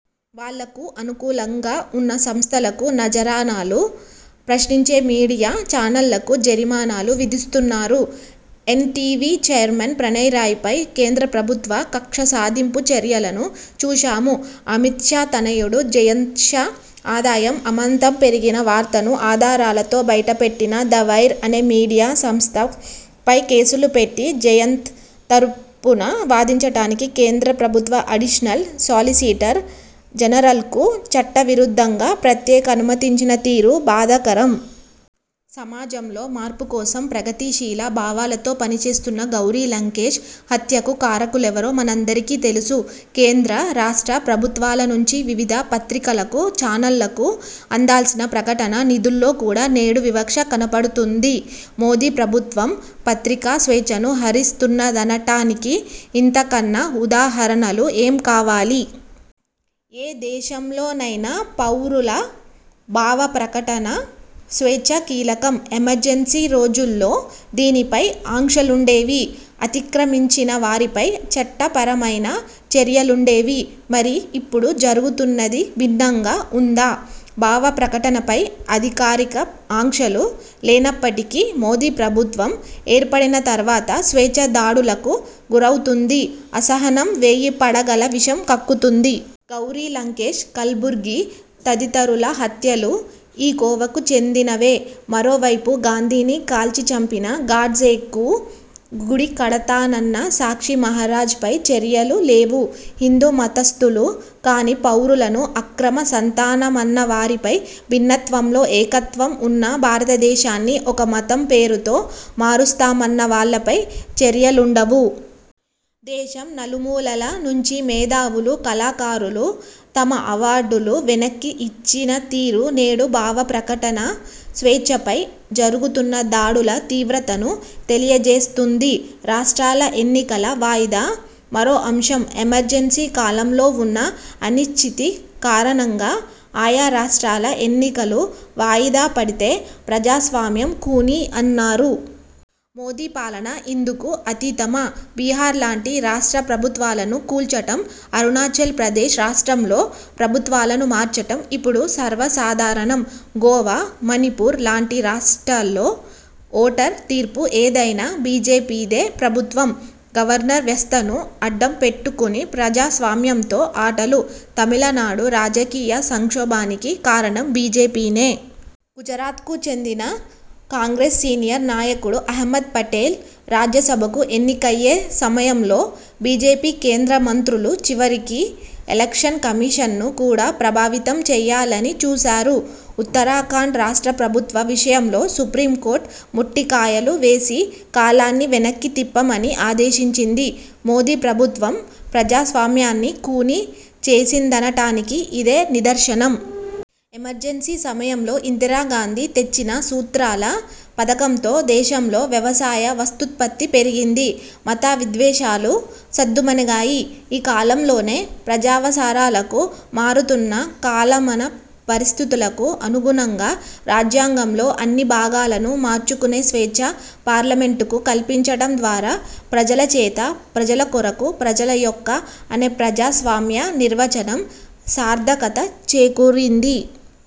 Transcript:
వాళ్లకు అనుకూలంగా ఉన్న సంస్థలకు నజరానాలు, ప్రశ్నించే మీడియా ఛానళ్లకు జరిమానాలు విధిస్తున్నారు. N TV chairman Pranoy Roy పై కేంద్రప్రభుత్వ కక్షసాధింపు చర్యలను చూశాము. అమిత్ షా తనయుడు, జయంత్ షా ఆదాయం అమాంతం పెరిగిన వార్తను ఆధారాలతో బయటపెట్టిన 'ద వైర్' అనే మీడియా సంస్థపై కేసులు పెట్టి, జయంత్ తరుపున వాదించటానికి కేంద్ర ప్రభుత్వ అడిషనల్ సోలిసిటర్ జనరల్కు చట్ట విరుద్ధంగా ప్రత్యేక అనుమతించిన తీరు బాధాకరం. సమాజంలో మార్పుకోసం, ప్రగతిశీల భావాలతో పనిచేస్తున్న గౌరి లంకేశ్ హత్యకు కారకులెవరో మనందరికీ తెలుసు. కేంద్ర, రాష్ట్ర ప్రభుత్వాలనుంచి వివిధ పత్రికలకు, చానళ్ళకు అందాల్సిన ప్రకటన నిధుల్లో కూడా నేడు వివక్ష కనబడుతుంది. మోదీ ప్రభుత్వం పత్రికా స్వేచ్ఛను హరిస్తు న్నదనటానికి ఇంతకన్నా ఉదాహరణలు ఏం కావాలి? ఏ దేశంలోనైనా, పౌరుల భావప్రకటన స్వేచ్ఛ కీలకం. ఎమర్జెన్సీ రోజుల్లో దీనిపై ఆంక్షలుండేవి. అతిక్రమించిన వారిపై చట్టపరమైన చర్యలుండేవి. మరి, ఇప్పుడు జరుగుతున్నది భిన్నంగా ఉందా? భావప్రకటనపై అధికారిక ఆంక్షలు లేనప్పటికీ, మోదీ ప్రభుత్వం ఏర్పడిన తరువాత స్వేచ్ఛ దాడులకు గురవుతుంది. 'అసహనం' వేయి పడగల విషం కక్కుతుంది. గౌరి లంకేశ్, కల్బుర్గి తదితరుల హత్యలు ఈ కోవకు చెందినవే. మరోవైపు, గాంధీని కాల్చి చంపిన గాడ్సేకు గుడికడతానన్న సాక్షిమహారాజ్ పై చర్యలు లేవు. హిందూ మతస్థులు కాని పౌరులను అక్రమ సంతానమన్నవారిపై, భిన్నత్వంలో ఏకత్వంవున్న భారతదేశాన్ని ఒక మతం పేరుతో మారుస్తామన్న వాళ్లపై చర్యలుండవు. దేశం నలుమూలల నుంచి మేధావులు, కళాకారులు తమ అవార్డులు వెనక్కి ఇచ్చిన తీరు నేడు భావప్రకటన స్వేచ్ఛపై జరుగుతున్న దాడుల తీవ్రతను తెలియజేస్తుంది. రాష్ట్రాల ఎన్నికల వాయిదా మరో అంశం. ఎమర్జెన్సీ కాలంలోవున్న అనిశ్చితి కారణంగా ఆయా రాష్టాల ఎన్నికలు వాయిదాపడితే ప్రజాస్వామ్యం ఖూనీ అన్నారు. మోదీ పాలన ఇందుకు అతీతమా? బిహార్ లాంటి రాష్ట్ర ప్రభుత్వాలను కూల్చటం, అరుణాచల్ ప్రదేశ్ రాష్ట్రంలో ప్రభుత్వాలను మార్చటం ఇపుడు సర్వసాధారణం. గోవా, మణిపూర్ లాంటి రాష్టాల్లో ఓటరు తీర్పు ఏదైనా బీజేపీదే ప్రభుత్వం. గవర్నర్ వ్యస్థను అడ్డం పెట్టుకుని, ప్రజాస్వామ్యంతో ఆటలు. తమిళనాడు రాజకీయ సంక్షోభానికి కారణం బీజేపీనే. గుజరాత్కు చెందిన కాంగ్రెస్ సీనియర్ నాయకుడు అహమ్మద్ పటేల్ రాజ్యసభకు ఎన్నికయ్యే సమయంలో బీజేపీ కేంద్రమంత్రులు చివరికి ఎలక్షన్ కమిషన్ను కూడా ప్రభావితం చేయాలని చూసారు. ఉత్తరాఖండ్ రాష్ట్ర ప్రభుత్వ విషయంలో సుప్రీంకోర్టు మొట్టికాయలు వేసి, కాలాన్ని వెనక్కి తిప్పమని ఆదేశించింది. మోదీ ప్రభుత్వం ప్రజాస్వామ్యాన్ని ఖూనీ చేసిందనటానికి ఇదే నిదర్శనం. ఎమర్జెన్సీ సమయంలో ఇందిరాగాంధీ తెచ్చిన సూత్రాల పథకంతో దేశంలో వ్యవసాయ, వస్తూత్పత్తి పెరిగింది. మత విద్వేషాలు సద్దుమణిగాయి. ఈ కాలంలోనే, ప్రజావసరాలకు, మారుతున్న కాలమాన పరిస్థితులకు అనుగుణంగా రాజ్యాంగంలో అన్ని భాగాలను మార్చుకునే స్వేచ్ఛ పార్లమెంటుకు కల్పించటం ద్వారా 'ప్రజల చేత, ప్రజల కొరకు, ప్రజల యొక్క' అనే ప్రజాస్వామ్య నిర్వచనం సార్థకత చేకూరింది.